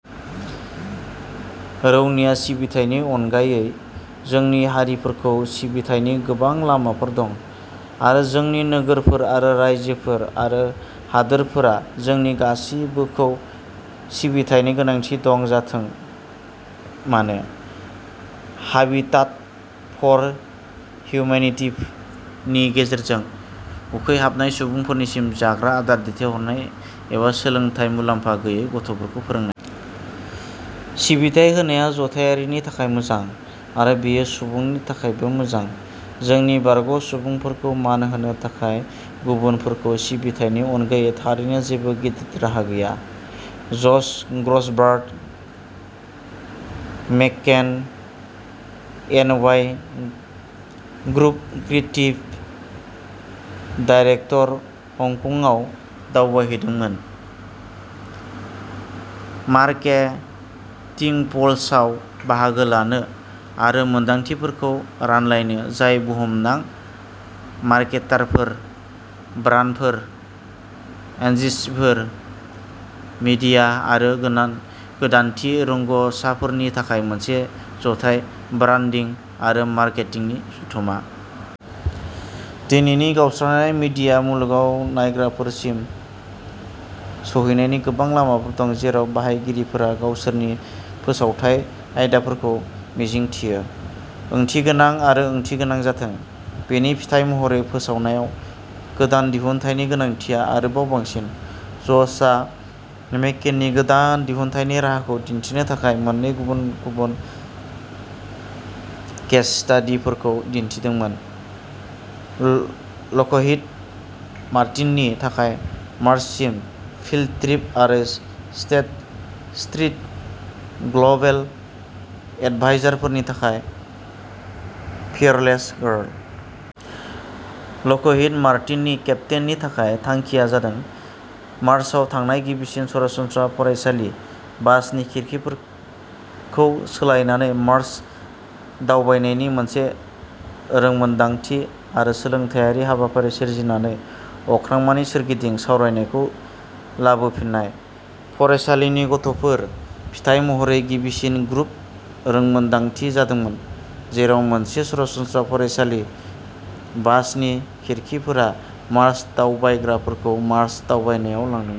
रौनिया सिबिथायनि अनगायै जोंनि हारिफोरखौ सिबिथायनि गोबां लामाफोर दं, आरो जोंनि नोगोरफोर आरो रायजोफोर आरो हादोरफोरा जोंनि गासिबोखौ सिबिथायनि गोनांथि दं-जाथों मानो। हाबिटाट फर हिउमेनिटीनि गेजेरजों, उखैहाबनाय सुबुंफोरसिम जाग्रा आदार दैथायनाय, एबा सोलोंथाय मुलामफा गैयै गथ'फोरखौ फोरोंनाय। सिबिथाय होनाया जथायारिनि थाखाय मोजां, आरो बेयो सुबुंनि थाखायबो मोजां। जोंनि बारग'सुबुंफोरखौ मान होनो थाखाय गुबुनफोरखौ सिबिथायनि अनगायै थारैनो जेबो गिदिर राहा गैया। Josh Grossberg, McCann N. Y. Group creative director, हंकंआव दावबायहैदोंमोन मार्केटिंपल्सआव बाहागो लानो आरो मोनदांथिफोरखौ रानलायनो, जाय बुहुमनां मार्केटारफोर, ब्रान्डफोर, एजेन्सिफोर, मीडिया आरो गोदानथि रोंग'साफोरनि थाखाय मोनसे जथाय ब्रान्डिं आरो मार्केटिं जथुममा। दिनैनि गावस्रानाय मीडिया मुलुगाव नायग्राफोरसिम सौहैनायनि गोबां लामाफोर दं जेराव बाहायगिरिफोरा गावसोरनि फोसावथाय आयदाफोरखौ मिजिंथियो। ओंथिगोनां आरो ओंथिगोनां जाथों। बेनि फिथाइ महरै, फोसावनायाव गोदान दिहुनथायनि गोनांथिआ आरोबाव बांसिन। ज'शआ मेककेननि गोदान दिहुनथायनि राहाखौ दिन्थिनो थाखाय मोन्नै गुबुन गुबुन केस स्टादिफोरखौ दिन्थिदोंमोनः लकहिड मार्टिननि थाखाय मार्ससिम फिल्ड ट्रिप आरो स्टेट स्ट्रीट ग्लबेल एडभाइजारफोरनि थाखाय फीयरलेस गार्ल। लकहिड मार्टिन केम्पेइननि थाखाय, थांखिया जादों मार्साव थांनाय गिबिसिन सरासनस्रा फरायसालि बासनि खिरखिफोरखौ सोलायनानै मार्स दावबायनायनि मोनसे रोंमोनदांथि आरो सोलोंथायारि हाबाफारि सोरजिनानै अख्रांमानि सोरगिदिं सावरायनायखौ लाबोफिन्नायः फरायसालिनि गथ'फोर। फिथाय महरै गिबिसिन ग्रुप रोंमोनदांथि जादोंमोन जेराव मोनसे सरासनस्रा फरायसालि बासनि खिरखिफोरा मार्स दावबायग्राफोरखौ मार्स दावबायनायाव लांदोंमोन।